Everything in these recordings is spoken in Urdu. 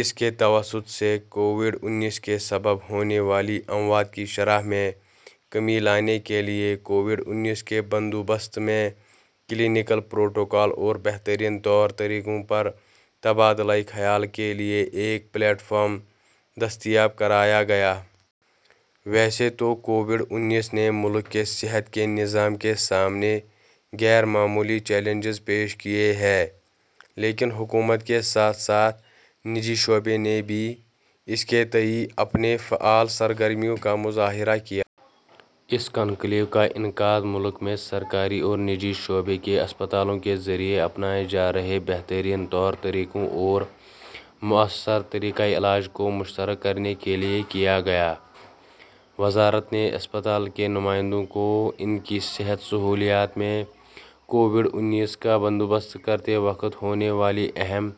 اس کے توسط سے کووڈ انیس کے سبب ہونے والی اموات کی شرح میں کمی لانے کے لیے کووڈ انیس کے بندوبست میں کلینکل پروٹوکول اور بہترین طور طریقوں پر تبادلہ خیال کے لیے ایک پلیٹ فارم دستیاب کرایا گیا۔ ویسے تو کووڈ انیس نے ملک کے صحت کے نظام کے سامنے غیر معمولی چیلنجز پیش کیے ہیں لیکن حکومت کے ساتھ ساتھ نجی شعبے نے بھی اس کے تئیں اپنی فعال سرگرمیوں کا مظاہرہ کیا۔ اس کنکلیو کا انعقاد ملک میں سرکاری اور نجی شعبے کے اسپتالوں کے ذریعے اپنائے جا رہے بہترین طور طریقوں اور مؤثر طریقہ علاج کو مشترک کرنے کے لیے کیا گیا۔ وزارت نے اسپتال کے نمائندوں کو ان کی صحت سہولیات میں کووڈ انیس کا بندوبست کرتے وقت ہونے والی اہم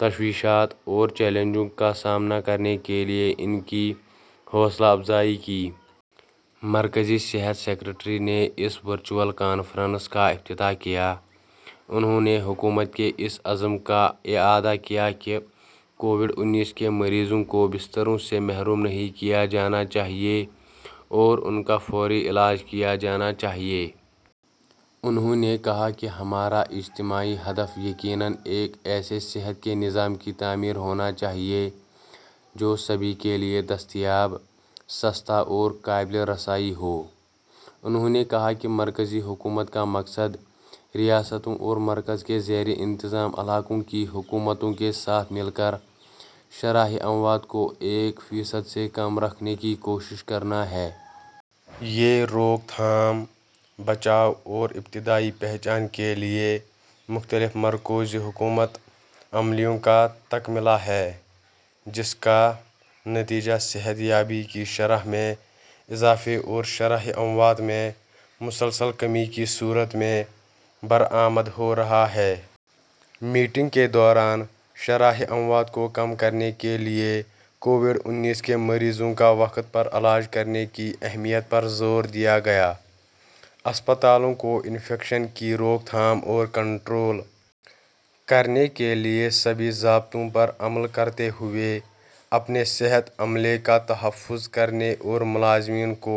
تشویشات اور چیلنجوں کا سامنا کرنے کے لیے ان کی حوصلہ افزائی کی۔ مرکزی صحت سکریٹری نے اس ورچوئل کانفرنس کا افتتاح کیا۔ انہوں نے حکومت کے اس عزم کا اعادہ کیا کہ کووڈ انیس کے مریضوں کو بستروں سے محروم نہیں کیا جانا چاہیے اور ان کا فوری علاج کیا جانا چاہیے۔ انہوں نے کہا کہ ہمارا اجتماعی ہدف یقیناً ایک ایسے صحت کے نظام کی تعمیر ہونا چاہیے جو سبھی کے لیے دستیاب، سستا اور قابل رسائی ہو۔ انہوں نے کہا کہ مرکزی حکومت کا مقصد ریاستوں اور مرکز کے زیر انتظام علاقوں کی حکومتوں کے ساتھ مل کر شرح اموات کو ایک فیصد سے کم رکھنے کی کوشش کرنا ہے۔ یہ روک تھام، بچاؤ اور ابتدائی پہچان کے لیے مختلف مرکوز حکمت عملیوں کا تکملہ ہے، جس کا نتیجہ صحت یابی کی شرح میں اضافے اور شرح اموات میں مسلسل کمی کی صورت میں برآمد ہو رہا ہے۔ میٹنگ کے دوران شرح اموات کو کم کرنے کے لیے کووڈ انیس کے مریضوں کا وقت پر علاج کرنے کی اہمیت پر زور دیا گیا۔ اسپتالوں کو انفیکشن کی روک تھام اور کنٹرول کرنے کے لیے سبھی ضابطوں پر عمل کرتے ہوئے اپنے صحت عملے کا تحفظ کرنے اور ملازمین کو